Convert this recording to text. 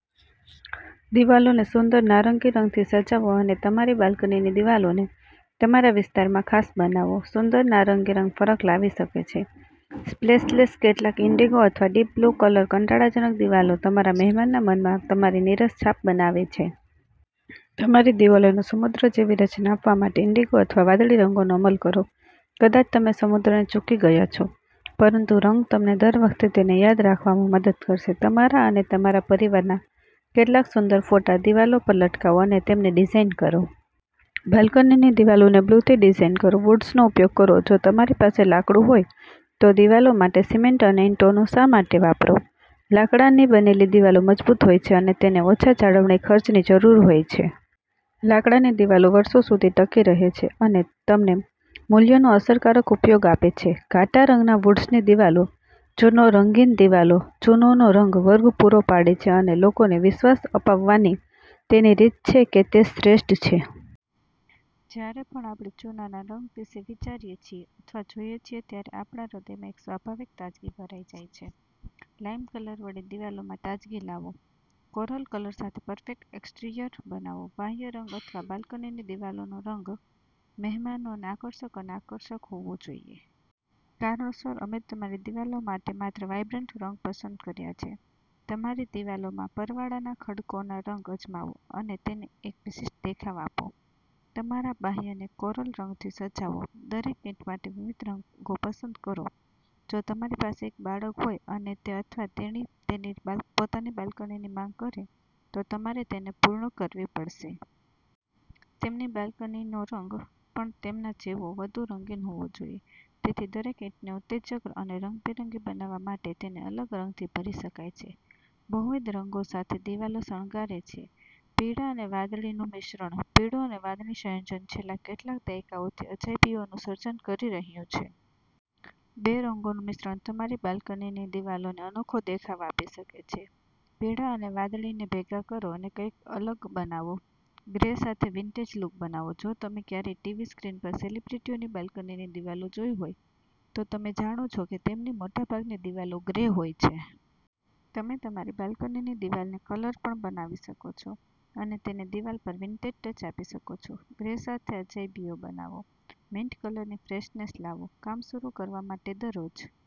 દિવાલોને સુંદર નારંગી રંગથી સજાવો અને તમારી બાલ્કનીની દિવાલોને તમારા વિસ્તારમાં ખાસ બનાવો. સુંદર નારંગી રંગ ફરક લાવી શકે છે સ્પ્લેશ કેટલાક ઈન્ડિગો અથવા ડીપ બ્લુ કલર કંટાળાજનક દિવાલો તમારા મહેમાનના મનમાં તમારી નીરસ છાપ બનાવે છે. તમારી દિવાલોને સમુદ્ર જેવી રચના આપવા માટે ઈન્ડિગો અથવા વાદળી રંગોનો અમલ કરો. કદાચ તમે સમુદ્રને ચૂકી ગયા છો, પરંતુરંગ તમને દર વખતે તેને યાદ રાખવામાં મદદ કરશે. તમારા અને તમારા પરિવારના કેટલાક સુંદર ફોટા દિવાલો પર લટકાવો અને તેમને ડિઝાઇન કરો. બાલ્કનીની દિવાલોને બ્લુથી ડિઝાઇન કરો વુડ્સનો ઉપયોગ કરો જો તમારી પાસે લાકડું હોય તો દિવાલો માટે સિમેન્ટ અને ઇંટો શા માટે વાપરો? લાકડાની બનેલી દિવાલો મજબૂત હોય છે અને તેને ઓછા જાળવણી ખર્ચની જરૂર હોય છે. લાકડાની દિવાલો વર્ષો સુધી ટકી રહે છે અને તમને મૂલ્યનો અસરકારક ઉપયોગ આપે છે. ઘાટા રંગના વૂડ્સની દિવાલો ચૂનો રંગીન દિવાલો ચૂનોનો રંગ વર્ગ પૂરો પાડે છે અને લોકોને વિશ્વાસ અપાવવાની તેની રીત છે કે તે શ્રેષ્ઠ છે. જ્યારે પણ આપણેચૂનાના રંગ વિશે વિચારીએ છીએ અથવા જોઈએ છીએ ત્યારે આપણા હૃદયમાં એક સ્વાભાવિક તાજગી ભરાઈ જાય છે. લાઇમ કલર વડે દિવાલોમાં તાજગી લાવો કોરલ કલર સાથે પરફેક્ટ એક્સટીરીયર બનાવો બાહ્ય રંગ અથવા બાલ્કનીની દિવાલનો રંગ મહેમાનોને આકર્ષક અને આકર્ષક હોવો જોઈએ. કારણોસર, અમે તમારી દિવાલો માટે માત્ર વાઇબ્રન્ટ રંગો પસંદ કર્યા છે. તમારી દિવાલોમાં પરવાળાના ખડકોનોરંગ અજમાવો અને તેને એક વિશિષ્ટ દેખાવ આપો. તમારા બાહ્યને કોરલ રંગથી સજાવો દરેક ઈંટ માટે વિવિધ રંગો પસંદ કરો જો તમારી પાસે એક બાળક હોય અને તે અથવા તેણી તેની પોતાની બાલ્કનીની માંગ કરે, તો તમારે તેને પૂર્ણ કરવી પડશે. તેમની બાલ્કનીનો રંગ પણ તેમના જેવો, વધુ રંગીન હોવો જોઈએ. તેથી, દરેક ઈંટને ઉત્તેજક અને રંગબેરંગી બનાવવા માટે તેને અલગ રંગથી ભરી શકાય છે. બહુવિધ રંગો સાથે દિવાલો શણગારે છે પીળા અને વાદળીનું મિશ્રણ પીળો અને વાદળી સંયોજન છેલ્લા કેટલાક દાયકાઓથી અજાયબીઓનું સર્જન કરી રહ્યું છે. બે રંગોનું મિશ્રણ તમારી બાલ્કનીની દિવાલોને અનોખો દેખાવ આપી શકે છે. પીળા અને વાદળીને ભેગા કરો અને કંઈક અલગ બનાવો ગ્રે સાથે વિન્ટેજ લુક બનાવો જો તમે ક્યારેય ટીવી સ્ક્રીન પર સેલિબ્રિટીઓની બાલ્કનીની દિવાલો જોઈ હોય, તો તમે જાણો છો કે તેમની મોટાભાગની દિવાલો ગ્રે હોય છે. તમે તમારી બાલ્કનીની દિવાલને કલર પણ બનાવી શકો છો અને તેને દિવાલ પર વિન્ટેજ ટચ આપી શકો છો. ગ્રે સાથે અજાયબીઓ બનાવો મિન્ટ કલરની ફ્રેશનેસ લાવો કામ શરૂ કરવા માટે દરરોજ